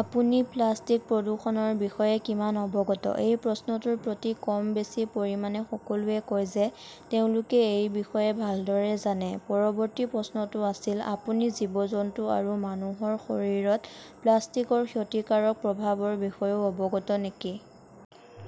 আপুনি প্লাষ্টিক প্ৰদূষণৰ বিষয়ে কিমান অৱগত? এই প্ৰশ্নটোৰ প্ৰতি কম বেছি পৰিমাণে সকলোৱে কয় যে তেওঁলোকে এই বিষয়ে ভালদৰে জানে। পৰৱৰ্তী প্ৰশ্নটো আছিল, আপুনি জীৱ-জন্তু আৰু মানুহৰ শৰীৰত প্লাষ্টিকৰ ক্ষতিকাৰক প্ৰভাৱৰ বিষয়েও অৱগত নেকি?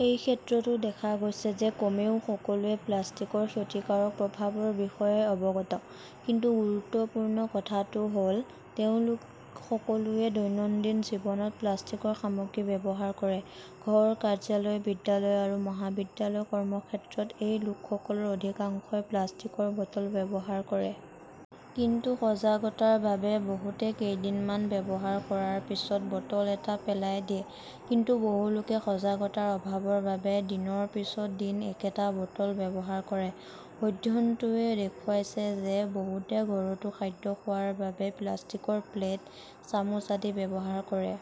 এই ক্ষেত্ৰতো দেখা গৈছে যে কমেও সকলোৱে প্লাষ্টিকৰ ক্ষতিকাৰক প্ৰভাৱৰ বিষয়ে অৱগত। কিন্তু গুৰুত্বপূৰ্ণ কথাটো হ 'ল, তেওঁলোক সকলোৱে দৈনন্দিন জীৱনত প্লাষ্টিকৰ সামগ্ৰী ব্যৱহাৰ কৰে। ঘৰ, কাৰ্যলয়, বিদ্যালয় আৰু মহাবিদ্যালয়, কৰ্মক্ষেত্ৰত এই লোকসকলৰ অধিকাংশই প্লাষ্টিকৰ বটল ব্যৱহাৰ কৰে। কিন্তু সজাগতাৰ বাবে বহুতে কেইদিনমান ব্যৱহাৰ কৰাৰ পিছত বটল এটা পেলাই দিয়ে। কিন্তু বহু লোকে সজাগতাৰ অভাৱৰ বাবে দিনৰ পিছত দিন একেটা বটল ব্যৱহাৰ কৰে। অধ্যয়নটোৱে দেখুৱাইছে যে বহুতে ঘৰতো খাদ্য খোৱাৰ বাবে প্লাষ্টিকৰ প্লেট, চামুচ আদি ব্যৱহাৰ কৰে।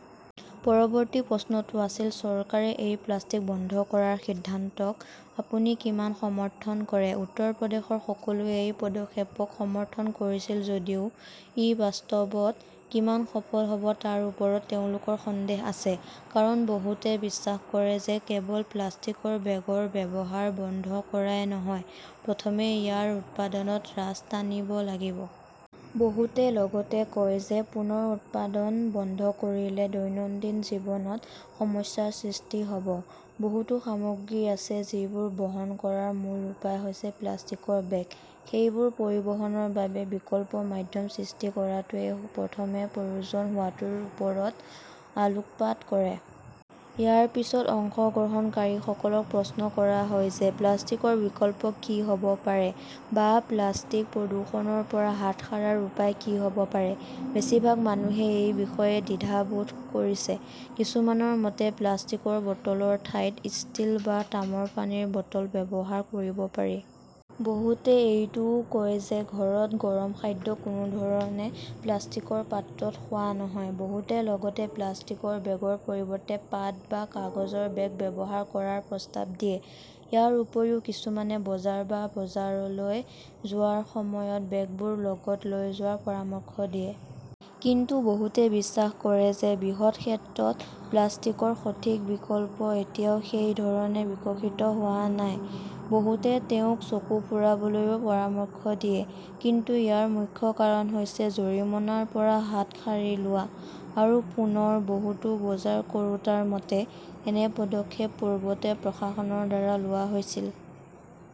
পৰৱৰ্তী প্ৰশ্নটো আছিল, চৰকাৰে এই প্লাষ্টিক বন্ধ কৰাৰ সিদ্ধান্তক আপুনি কিমান সমৰ্থন কৰে? উত্তৰ প্ৰদেশৰ সকলোৱে এই পদক্ষেপক সমৰ্থন কৰিছিল যদিও ই বাস্তৱত কিমান সফল হব তাৰ ওপৰত তেওঁলোকৰ সন্দেহ আছে। কাৰণ, বহুতে বিশ্বাস কৰে যে কেৱল প্লাষ্টিকৰ বেগৰ ব্যৱহাৰ বন্ধ কৰাই নহয়, প্ৰথমে ইয়াৰ উৎপাদনত ৰাছ টানিব লাগিব। বহুতে লগতে কয় যে পুনৰ উৎপাদন বন্ধ কৰিলে দৈনন্দিন জীৱনত সমস্যাৰ সৃষ্টি হব। বহুতো সামগ্ৰী আছে যিবোৰ বহন কৰাৰ মূল উপায় হৈছে প্লাষ্টিকৰ বেগ। সেইবোৰ পৰিবহণৰ বাবে বিকল্প মাধ্যম সৃষ্টি কৰাটোৱেই প্ৰথমে প্ৰয়োজন হোৱাটোৰ ওপৰত আলোকপাত কৰে। ইয়াৰ পিছত অংশগ্ৰহণকাৰীসকলক প্ৰশ্ন কৰা হয় যে প্লাষ্টিকৰ বিকল্প কি হ 'ব পাৰে বা প্লাষ্টিক প্ৰদূষণৰ পৰা হাত সাৰাৰ উপায় কি হ' ব পাৰে, বেছিভাগ মানুহেই এই বিষয়ে দ্বিধাবোধ কৰিছে। কিছুমানৰ মতে, প্লাষ্টিকৰ বটলৰ ঠাইত ষ্টীল বা তামৰ পানীৰ বটল ব্যৱহাৰ কৰিব পাৰি। বহুতে এইটোও কয় যে ঘৰত গৰম খাদ্য কোনো ধৰণে প্লাষ্টিকৰ পাত্ৰত খোৱা নহয়। বহুতে লগতে প্লাষ্টিকৰ বেগৰ পৰিৱৰ্তে পাট বা কাগজৰ বেগ ব্যৱহাৰ কৰাৰ প্ৰস্তাৱ দিয়ে। ইয়াৰ উপৰিও, কিছুমানে বজাৰ বা বজাৰলৈ যোৱাৰ সময়ত বেগবোৰ লগত লৈ যোৱাৰ পৰামৰ্শ দিয়ে। কিন্তু বহুতে বিশ্বাস কৰে যে বৃহৎ ক্ষেত্ৰত প্লাষ্টিকৰ সঠিক বিকল্প এতিয়াও সেই ধৰণে বিকশিত হোৱা নাই। বহুতে তেওঁক চকু ফুৰাবলৈও পৰামৰ্শ দিয়ে। কিন্তু ইয়াৰ মুখ্য কাৰণ হৈছে জৰিমনাৰ পৰা হাত সাৰি লোৱা। আৰু পুনৰ, বহুতো বজাৰ কৰোঁতাৰ মতে, এনে পদক্ষেপ পূৰ্বতে প্ৰশাসনৰ দ্বাৰা লোৱা হৈছিল।